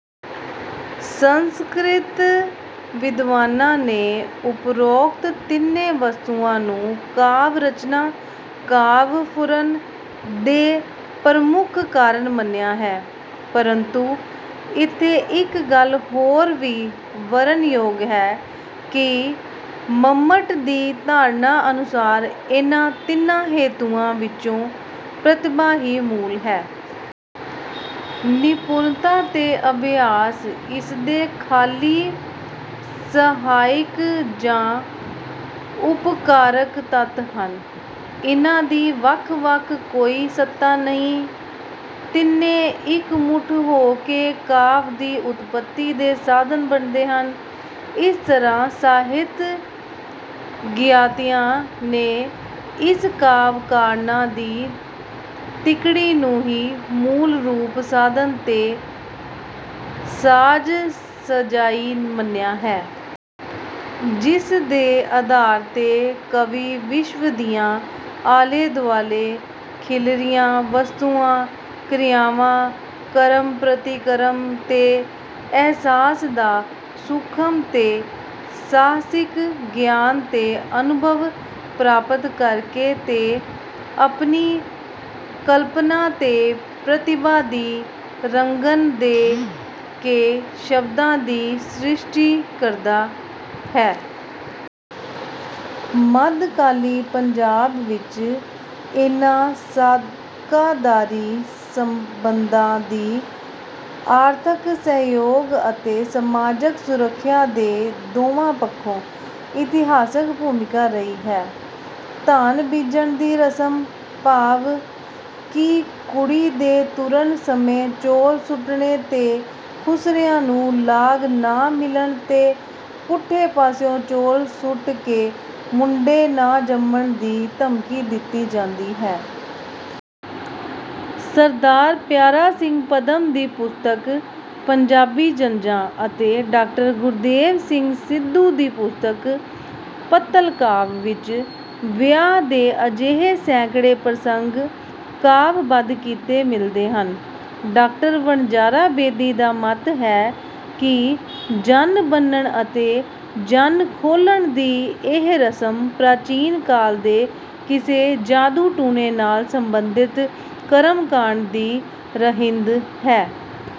ਸੰਸਕ੍ਰਿਤ ਵਿਦਵਾਨਾਂ ਨੇ ਉਪਰੋਕਤ ਤਿੰਨੇ ਵਸਤੂਆਂ ਨੂੰ ਕਾਵਿ ਰਚਨਾ, ਕਾਵਿ ਫੁਰਨ ਦੇ ਪ੍ਰਮੁੱਖ ਕਾਰਨ ਮੰਨਿਆ ਹੈ। ਪ੍ਰੰਤੂ ਇਥੇ ਇੱਕ ਗੱਲ ਹੋਰ ਵੀ ਵਰਣਨਯੋਗ ਹੈ ਕਿ ਮੰਮਟ ਦੀ ਧਾਰਨਾ ਅਨੁਸਾਰ ਇਹਨਾਂ ਤਿੰਨਾਂ ਹੇਤੂਆਂ ਵਿੱਚੋਂ ਪ੍ਰਤਿਭਾ ਹੀ ਮੂਲ ਹੈ। ਨਿਪੁੰਨਤਾ ਤੇ ਅਭਿਆਸ ਇਸਦੇ ਖਾਲੀ ਸਹਾਇਕ ਜਾਂ ਉਪਕਾਰਕ ਤੱਤ ਹਨ। ਇਹਨਾਂ ਦੀ ਵੱਖ-ਵੱਖ ਕੋਈ ਸੱਤਾ ਨਹੀਂ ਤਿੰਨੇ ਇੱਕ ਮੁੱਠ ਹੋ ਕੇ ਕਾਵਿ ਦੀ ਉਤਪਤੀ ਦੇ ਸਾਧਨ ਬਣਦੇ ਹਨ। ਇਸ ਤਰ੍ਹਾਂ ਸਾਹਿਤ ਗਿਆਤਿਆਂ ਨੇ ਇਸ ਕਾਵਿ ਕਾਰਣਾਂ ਦੀ ਤਿੱਕੜੀ ਨੂੰ ਹੀ ਮੂਲ ਰੂਪ ਸਾਧਨ ਤੇ ਸਾਜਸਜਾਈ ਮੰਨਿਆ ਹੈ। ਜਿਸ ਦੇ ਆਧਾਰ ਤੇ ਕਵੀ ਵਿਸ਼ਵ ਦੀਆਂ ਆਲੇ-ਦੁਆਲੇ ਖਿਲਰੀਆਂ ਵਸਤੂਆਂ, ਕ੍ਰਿਆਵਾਂ, ਕਰਮ-ਪ੍ਰਤੀਕਰਮ ਤੇ ਅਹਿਸਾਸ ਦਾ ਸੂਖਮ ਤੇ ਸਾਹਸਿਕ ਗਿਆਨ ਤੇ ਅਨੁਭਵ ਪ੍ਰਾਪਤ ਕਰਕੇ ਤੇ ਆਪਣੀ ਕਲਪਨਾ ਤੇ ਪ੍ਰਤਿਭਾ ਦੀ ਰੰਗਨ ਦੇ ਕੇ ਸ਼ਬਦਾਂ ਦੀ ਸ੍ਰਿਸ਼ਟੀ ਕਰਦਾ ਹੈ। ਮਧਕਾਲੀ ਪੰਜਾਬ ਵਿਚ ਇਹਨਾਂ ਸਾਕਾਦਾਰੀ ਸਬੰਧਾਂ ਦੀ ਆਰਥਕ ਸਹਿਯੋਗ ਅਤੇ ਸਮਾਜਕ ਸੁਰੱਖਿਆ ਦੇ ਦੋਵਾਂ ਪੱਖੋਂ ਇਤਿਹਾਸਕ ਭੂਮਿਕਾ ਰਹੀ ਹੈ। ਧਾਨ ਬੀਜਣ ਦੀ ਰਸਮ ਭਾਵ ਕੀ ਕੁੜੀ ਦੇ ਤੁਰਨ ਸਮੇਂ ਚੌਲ ਸੁਟਣੇ ਤੇ ਖੁਸਰਿਆਂ ਨੂੰ ਲਾਗ ਨਾ ਮਿਲਣ ਤੇ ਪੁੱਠੇ ਪਾਸਿਉ ਚੌਲ ਸੁੱਟ ਕੇ ਮੁੰਡੇ ਨਾ ਜੰਮਣ ਦੀ ਧਮਕੀ ਦਿੱਤੀ ਜਾਂਦੀ ਹੈ। ਸ: ਪਿਆਰਾ ਸਿੰਘ ਪਦਮ ਦੀ ਪੁਸਤਕ 'ਪੰਜਾਬੀ ਜੰਞਾਂ' ਅਤੇ ਡਾ: ਗੁਰਦੇਵ ਸਿੰਘ ਸਿੱਧੂ ਦੀ ਪੁਸਤਕ 'ਪੱਤਲ ਕਾਵਿ' ਵਿਚ ਵਿਆਹ ਦੇ ਅਜਿਹੇ ਸੈਂਕੜੇ ਪ੍ਰਸੰਗ ਕਾਵਿ-ਬੱਧ ਕੀਤੇ ਮਿਲਦੇ ਹਨ। ਡਾ. ਵਣਜਾਰਾ ਬੇਦੀ ਦਾ ਮੱਤ ਹੈ ਕਿ ਜੰਨ ਬੰਨਣ ਤੇ ਜੰਨ ਖੋਲਣ ਦੀ ਇਹ ਰਸਮ ਪ੍ਰਚੀਨ ਕਾਲ ਦੇ ਕਿਸੇ ਜਾਦੂ ਟੂਣੇ ਨਾਲ ਸੰਬੰਧਿਤ ਕਰਮ ਕਾਂਡ ਦੀ ਰਹਿੰਦ ਹੈ।